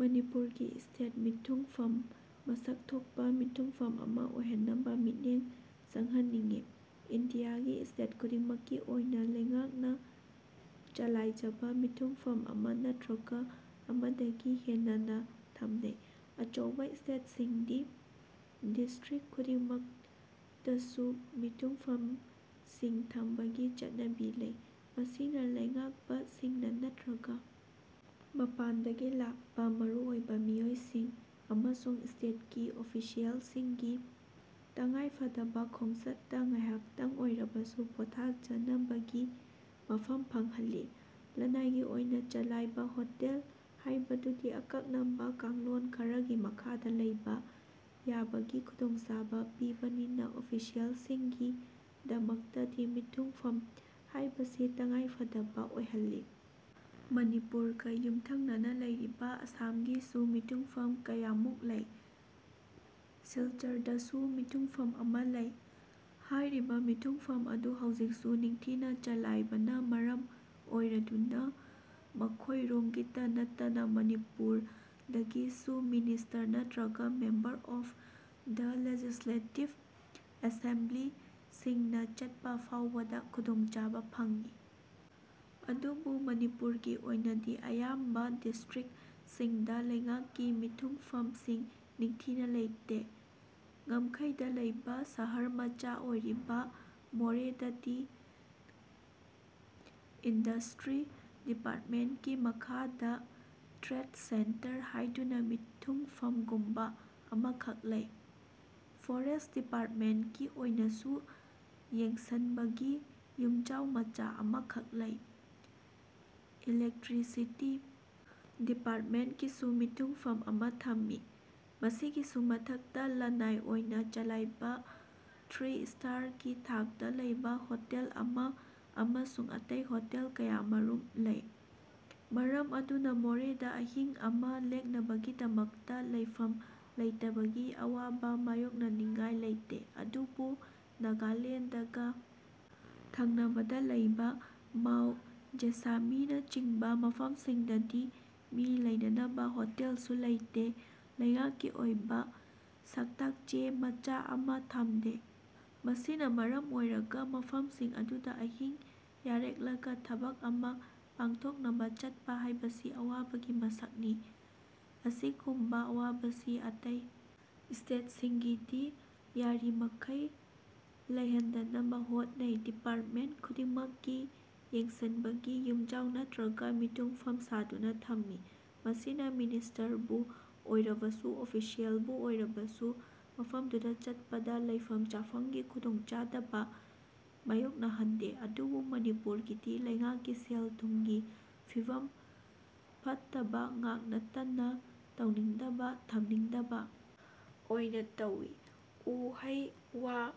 ꯃꯅꯤꯄꯨꯔꯒꯤ ꯁ꯭ꯇꯦꯠ ꯃꯤꯊꯨꯡꯐꯝ ꯃꯁꯛ ꯊꯣꯛꯄ ꯃꯤꯊꯨꯡꯐꯝ ꯑꯃ ꯑꯣꯏꯍꯟꯅꯕ ꯃꯤꯠꯌꯦꯡ ꯆꯡꯍꯟꯅꯤꯡꯏ꯫ ꯏꯟꯗꯤꯌꯥꯒꯤ ꯁ꯭ꯇꯦꯠ ꯈꯨꯗꯤꯡꯃꯛꯀꯤ ꯑꯣꯏꯅ ꯂꯩꯉꯥꯛꯅ ꯆꯂꯥꯏꯖꯕ ꯃꯤꯊꯨꯡꯐꯝ ꯑꯃ ꯅꯠꯇ꯭ꯔꯒ ꯑꯃꯗꯒꯤ ꯍꯦꯅꯅ ꯊꯝꯅꯩ꯫ ꯑꯆꯧꯕ ꯁ꯭ꯇꯦꯠꯁꯤꯡꯗꯤ ꯗꯤꯁ꯭ꯇ꯭ꯔꯤꯛꯠ ꯈꯨꯗꯤꯡꯃꯛꯇꯁꯨ ꯃꯤꯊꯨꯡꯐꯝꯁꯤꯡ ꯊꯝꯕꯒꯤ ꯆꯠꯅꯕꯤ ꯂꯩ꯫ ꯃꯁꯤꯅ ꯂꯩꯉꯥꯛꯄꯁꯤꯡꯅ ꯅꯠꯇ꯭ꯔꯒ ꯃꯄꯥꯟꯗꯒꯤ ꯂꯥꯛꯄ ꯃꯔꯨꯑꯣꯏꯕ ꯃꯤꯑꯣꯏꯁꯤꯡ ꯑꯃꯁꯨꯡ ꯁ꯭ꯇꯦꯠꯀꯤ ꯑꯣꯐꯤꯁꯤꯌꯦꯜꯁꯤꯡꯒꯤ ꯇꯉꯥꯏꯐꯗꯕ ꯈꯣꯡꯆꯠꯇ ꯉꯥꯏꯍꯥꯛꯇꯡ ꯑꯣꯔꯕꯁꯨ ꯄꯣꯊꯥꯖꯅꯕꯒꯤ ꯃꯐꯝ ꯐꯪꯍꯜꯂꯤ꯫ ꯂꯟꯅꯥꯏꯒꯤ ꯑꯣꯏꯅ ꯆꯂꯥꯏꯕ ꯍꯣꯇꯦꯜ ꯍꯥꯏꯕꯗꯨꯗꯤ ꯑꯀꯛꯅꯕ ꯀꯥꯡꯂꯣꯟ ꯈꯔꯒꯤ ꯃꯈꯥꯗ ꯂꯩꯕ ꯌꯥꯕꯒꯤ ꯈꯨꯗꯣꯡꯆꯥꯕ ꯄꯤꯕꯅꯤꯅ ꯑꯣꯐꯤꯁꯤꯌꯦꯜꯁꯤꯡꯒꯤ ꯗꯃꯛꯇꯗꯤ ꯃꯤꯊꯨꯡꯐꯝ ꯍꯥꯏꯕꯁꯤ ꯇꯉꯥꯏꯐꯗꯕ ꯑꯣꯏꯍꯜꯂꯤ꯫ ꯃꯅꯤꯄꯨꯔꯒ ꯌꯨꯝꯊꯡꯅꯅ ꯂꯩꯔꯤꯕ ꯑꯁꯥꯝꯒꯤꯁꯨ ꯃꯤꯊꯨꯡꯐꯝ ꯀꯌꯥꯃꯨꯛ ꯂꯩ꯫ ꯁꯤꯜꯆꯔꯗꯁꯨ ꯃꯤꯊꯨꯡꯐꯝ ꯑꯃ ꯂꯩ꯫ ꯍꯥꯏꯔꯤꯕ ꯃꯤꯊꯨꯡꯐꯝ ꯑꯗꯨ ꯍꯧꯖꯤꯛꯁꯨ ꯅꯤꯡꯊꯤꯅ ꯆꯂꯥꯏꯕꯅ ꯃꯔꯝ ꯑꯣꯏꯔꯗꯨꯅ ꯃꯈꯣꯏꯔꯣꯝꯒꯤꯇ ꯅꯠꯇꯅ ꯃꯅꯤꯄꯨꯔꯗꯒꯤꯁꯨ ꯃꯤꯅꯤꯁ꯭ꯇꯔ ꯅꯠꯇ꯭ꯔꯒ ꯃꯦꯝꯕꯔ ꯑꯣꯐ ꯗ ꯂꯦꯖꯤꯁꯂꯦꯇꯤꯚ ꯑꯦꯁꯦꯝꯕ꯭ꯂꯤꯁꯤꯡꯅ ꯆꯠꯄ ꯐꯥꯎꯕꯗ ꯈꯨꯗꯣꯡꯆꯥꯕ ꯐꯪꯏ꯫ ꯑꯗꯨꯕꯨ ꯃꯅꯤꯄꯨꯔꯒꯤ ꯑꯣꯏꯅꯗꯤ ꯑꯌꯥꯝꯕ ꯗꯤꯁ꯭ꯇ꯭ꯔꯤꯛꯠꯁꯤꯡꯗ ꯂꯩꯉꯥꯛꯀꯤ ꯃꯤꯊꯨꯡꯐꯝꯁꯤꯡ ꯅꯤꯡꯊꯤꯅ ꯂꯩꯇꯦ꯫ ꯉꯝꯈꯩꯗ ꯂꯩꯕ ꯁꯍꯔ ꯃꯆꯥ ꯑꯣꯏꯔꯤꯕ ꯃꯣꯔꯦꯗꯗꯤ ꯏꯟꯗꯁ꯭ꯇ꯭ꯔꯤ ꯗꯤꯄꯥꯔꯠꯃꯦꯟꯠꯀꯤ ꯃꯈꯥꯗ ꯇ꯭ꯔꯦꯗ ꯁꯦꯟꯇꯔ ꯍꯥꯏꯗꯨꯅ ꯃꯤꯊꯨꯡꯐꯝꯒꯨꯝꯕ ꯑꯃꯈꯛ ꯂꯩ꯫ ꯐꯣꯔꯦꯁꯠ ꯗꯤꯄꯥꯔꯠꯃꯦꯟꯠꯀꯤ ꯑꯣꯏꯅꯁꯨ ꯌꯦꯡꯁꯟꯕꯒꯤ ꯌꯨꯝꯖꯥꯎ ꯃꯆꯥ ꯑꯃꯈꯛ ꯂꯩ꯫ ꯏꯂꯦꯛꯇ꯭ꯔꯤꯁꯤꯇꯤ ꯗꯤꯄꯥꯔꯠꯃꯦꯟꯠꯀꯤꯁꯨ ꯃꯤꯊꯨꯡꯐꯝ ꯑꯃ ꯊꯝꯃꯤ꯫ ꯃꯁꯤꯒꯤꯁꯨ ꯃꯊꯛꯇ ꯂꯟꯅꯥꯏ ꯑꯣꯏꯅ ꯆꯂꯥꯏꯕ ꯊ꯭ꯔꯤ ꯁ꯭ꯇꯔꯒꯤ ꯊꯥꯛꯇ ꯂꯩꯕ ꯍꯣꯇꯦꯜ ꯑꯃ ꯑꯃꯁꯨꯡ ꯑꯇꯩ ꯍꯣꯇꯦꯜ ꯀꯌꯥꯃꯔꯨꯝ ꯂꯩ꯫ ꯃꯔꯝ ꯑꯗꯨꯅ ꯃꯣꯔꯦꯗ ꯑꯍꯤꯡ ꯑꯃ ꯂꯦꯛꯅꯕꯒꯤꯗꯃꯛꯇ ꯂꯩꯐꯝ ꯂꯩꯇꯕꯒꯤ ꯑꯋꯥꯕ ꯃꯥꯌꯣꯛꯅꯅꯤꯉꯥꯏ ꯂꯩꯇꯦ꯫ ꯑꯗꯨꯕꯨ ꯅꯥꯒꯥꯂꯦꯟꯗꯒ ꯊꯪꯅꯕꯗ ꯂꯩꯕ ꯃꯥꯎ, ꯖꯦꯁꯥꯃꯤꯅꯆꯤꯡꯕ ꯃꯐꯝꯁꯤꯡꯗꯗꯤ ꯃꯤ ꯂꯩꯅꯅꯕ ꯍꯣꯇꯦꯜꯁꯨ ꯂꯩꯇꯦ, ꯂꯩꯉꯥꯛꯀꯤ ꯑꯣꯏꯕ ꯁꯛꯇꯥꯛ ꯆꯦ ꯃꯆꯥ ꯑꯃ ꯊꯝꯗꯦ꯫ ꯃꯁꯤꯅ ꯃꯔꯝ ꯑꯣꯏꯔꯒ ꯃꯐꯝꯁꯤꯡ ꯑꯗꯨꯗ ꯑꯍꯤꯡ ꯌꯥꯔꯦꯛꯂꯒ ꯊꯕꯛ ꯑꯃ ꯄꯥꯡꯊꯣꯛꯅꯕ ꯆꯠꯄ ꯍꯥꯏꯕꯁꯤ ꯑꯋꯥꯕꯒꯤ ꯃꯁꯛꯅꯤ꯫ ꯑꯁꯤꯒꯨꯝꯕ ꯑꯋꯥꯕꯁꯤ ꯑꯇꯩ ꯁ꯭ꯇꯦꯠꯁꯤꯡꯒꯤꯗꯤ ꯌꯥꯔꯤꯃꯈꯩ ꯂꯩꯍꯟꯗꯅꯕ ꯍꯣꯠꯅꯩ꯫ ꯗꯤꯄꯥꯔꯠꯃꯦꯟꯠ ꯈꯨꯗꯤꯡꯃꯛꯀꯤ ꯌꯦꯡꯁꯟꯕꯒꯤ ꯌꯨꯝꯖꯥꯎ ꯅꯠꯇ꯭ꯔꯒ ꯃꯤꯊꯨꯡꯐꯝ ꯁꯥꯗꯨꯅ ꯊꯝꯃꯤ꯫ ꯃꯁꯤꯅ ꯃꯤꯅꯤꯁ꯭ꯇꯔꯕꯨ ꯑꯣꯏꯔꯕꯁꯨ, ꯑꯣꯐꯤꯁꯤꯌꯦꯜꯕꯨ ꯑꯣꯏꯔꯕꯁꯨ ꯃꯐꯝꯗꯨꯗ ꯆꯠꯄꯗ ꯂꯩꯐꯝ ꯆꯥꯐꯝꯒꯤ ꯈꯨꯗꯣꯡꯆꯥꯗꯕ ꯃꯥꯌꯣꯛꯅꯍꯟꯗꯦ꯫ ꯑꯗꯨꯕꯨ ꯃꯅꯤꯄꯨꯔꯒꯤꯗꯤ ꯂꯩꯉꯥꯛꯀꯤ ꯁꯦꯜ ꯊꯨꯝꯒꯤ ꯐꯤꯚꯝ ꯐꯠꯇꯕꯉꯥꯛ ꯅꯠꯇꯅ ꯇꯧꯅꯤꯡꯗꯕ, ꯊꯝꯅꯤꯡꯗꯕ ꯑꯣꯏꯅ ꯇꯧꯏ꯫ ꯎ ꯍꯩ ꯋꯥ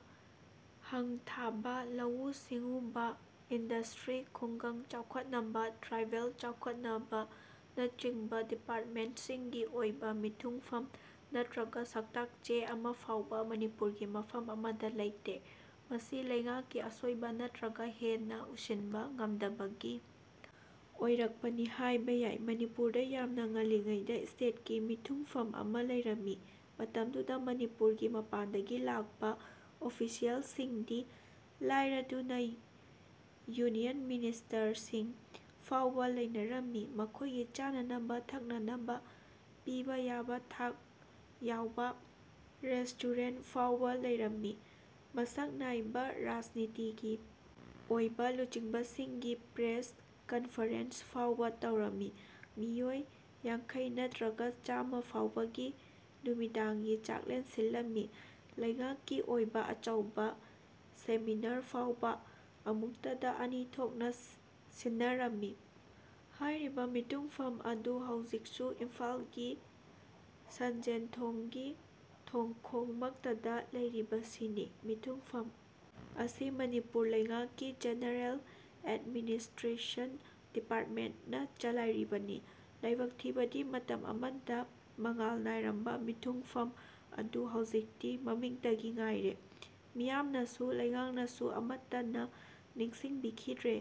ꯍꯪ ꯊꯥꯕ, ꯂꯧꯎ ꯁꯤꯡꯎꯕ, ꯏꯟꯗꯁ꯭ꯇ꯭ꯔꯤ, ꯈꯨꯡꯒꯪ ꯆꯥꯎꯈꯠꯅꯕ, ꯇ꯭ꯔꯥꯏꯕꯦꯜ ꯆꯥꯎꯈꯠꯅꯕꯅꯆꯤꯡꯕ ꯗꯤꯄꯥꯔꯠꯃꯦꯟꯠꯁꯤꯡꯒꯤ ꯑꯣꯏꯕ ꯃꯤꯊꯨꯡꯐꯝ ꯅꯠꯇ꯭ꯔꯒ ꯁꯛꯇꯥꯛ ꯆꯦ ꯑꯃꯐꯥꯎꯕ ꯃꯅꯤꯄꯨꯔꯒꯤ ꯃꯐꯝ ꯑꯃꯗ ꯂꯩꯇꯦ꯫ ꯃꯁꯤ ꯂꯩꯉꯥꯛꯀꯤ ꯑꯁꯣꯏꯕ ꯅꯠꯇ꯭ꯔꯒ ꯍꯦꯟꯅ ꯎꯁꯤꯟꯕ ꯉꯝꯗꯕꯗꯒꯤ ꯑꯣꯏꯔꯛꯄꯅꯤ ꯍꯥꯏꯕ ꯌꯥꯏ꯫ ꯃꯅꯤꯄꯨꯔꯗ ꯌꯥꯝꯅ ꯉꯜꯂꯤꯉꯩꯗ ꯁ꯭ꯇꯦꯠꯀꯤ ꯃꯤꯊꯨꯡꯐꯝ ꯑꯃ ꯂꯩꯔꯝꯃꯤ꯫ ꯃꯇꯝꯗꯨꯗ ꯃꯅꯤꯄꯨꯔꯒꯤ ꯃꯄꯥꯟꯗꯒꯤ ꯂꯥꯛꯄ ꯑꯣꯐꯤꯁꯤꯌꯦꯜꯁꯤꯡꯗꯤ ꯂꯥꯏꯔꯗꯨꯅ ꯌꯨꯅꯤꯌꯟ ꯃꯤꯅꯤꯁ꯭ꯔꯁꯤꯡ ꯐꯥꯎꯕ ꯂꯩꯅꯔꯝꯃꯤ꯫ ꯃꯈꯣꯏꯒꯤ ꯆꯥꯅꯅꯕ ꯊꯛꯅꯅꯕ ꯄꯤꯕ ꯌꯥꯕ ꯊꯥꯛ ꯌꯥꯎꯕ ꯔꯦꯁ꯭ꯇꯨꯔꯦꯟꯠ ꯐꯥꯎꯕ ꯂꯩꯔꯝꯃꯤ꯫ ꯃꯁꯛ ꯅꯥꯏꯕ ꯔꯥꯖꯅꯤꯇꯤꯒꯤ ꯑꯣꯏꯕ ꯂꯨꯆꯤꯡꯕꯁꯤꯡꯒꯤ ꯄ꯭ꯔꯦꯁ ꯀꯟꯐꯔꯦꯟꯁ ꯐꯥꯎꯕ ꯇꯧꯔꯝꯃꯤ꯫ ꯃꯤꯑꯣꯏ ꯌꯥꯡꯈꯩ ꯅꯠꯇ꯭ꯔꯒ ꯆꯥꯃ ꯐꯥꯎꯕꯒꯤ ꯅꯨꯃꯤꯗꯥꯡꯒꯤ ꯆꯥꯛꯂꯦꯟ ꯁꯤꯜꯂꯝꯃꯤ꯫ ꯂꯩꯉꯥꯛꯀꯤ ꯑꯣꯏꯕ ꯑꯆꯧꯕ ꯁꯦꯃꯤꯅꯥꯔ ꯐꯥꯎꯕ ꯑꯃꯨꯛꯇꯗ ꯑꯅꯤ ꯊꯣꯛꯅ ꯁꯤꯟꯅꯔꯝꯕꯅꯤ꯫ ꯍꯥꯏꯔꯤꯕ ꯃꯤꯊꯨꯡꯐꯝ ꯑꯗꯨ ꯍꯧꯖꯤꯛꯁꯨ ꯏꯝꯐꯥꯜꯒꯤ ꯁꯟꯖꯦꯟꯊꯣꯡꯒꯤ ꯊꯣꯡꯈꯣꯡ ꯃꯛꯇꯗ ꯂꯩꯔꯤꯕꯁꯤꯅꯤ꯫ ꯃꯤꯊꯨꯡꯐꯝ ꯑꯁꯤ ꯃꯅꯤꯄꯨꯔ ꯂꯩꯉꯥꯛꯀꯤ ꯖꯦꯅꯦꯔꯦꯜ ꯑꯦꯗꯃꯤꯅꯤꯁꯇ꯭ꯔꯦꯁꯟ ꯗꯤꯄꯥꯔꯠꯃꯦꯟꯠꯅ ꯆꯂꯥꯏꯔꯤꯕꯅꯤ꯫ ꯂꯥꯏꯕꯛ ꯊꯤꯕꯗꯤ ꯃꯇꯝ ꯑꯃꯗ ꯃꯉꯥꯜ ꯅꯥꯏꯔꯝꯕ ꯃꯤꯊꯨꯡꯐꯝ ꯑꯗꯨ ꯍꯧꯖꯤꯛꯇꯤ ꯃꯃꯤꯡꯇꯒꯤ ꯉꯥꯏꯔꯦ꯫ ꯃꯤꯌꯥꯝꯅꯁꯨ, ꯂꯩꯉꯥꯛꯅꯁꯨ ꯀꯅꯥꯃꯠꯇꯅ ꯅꯤꯡꯁꯤꯡꯕꯤꯈꯤꯗ꯭ꯔꯦ꯫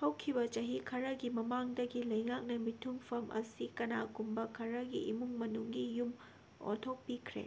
ꯍꯧꯈꯤꯕ ꯆꯍꯤ ꯈꯔꯒꯤ ꯃꯃꯥꯡꯗꯒꯤ ꯂꯩꯉꯥꯛꯅ ꯃꯤꯊꯨꯡꯐꯝ ꯑꯁꯤ ꯀꯅꯥꯒꯨꯝꯕ ꯈꯔꯒꯤ ꯏꯃꯨꯡ ꯃꯅꯨꯡꯒꯤ ꯌꯨꯝ ꯑꯣꯟꯊꯣꯛꯄꯤꯈ꯭ꯔꯦ꯫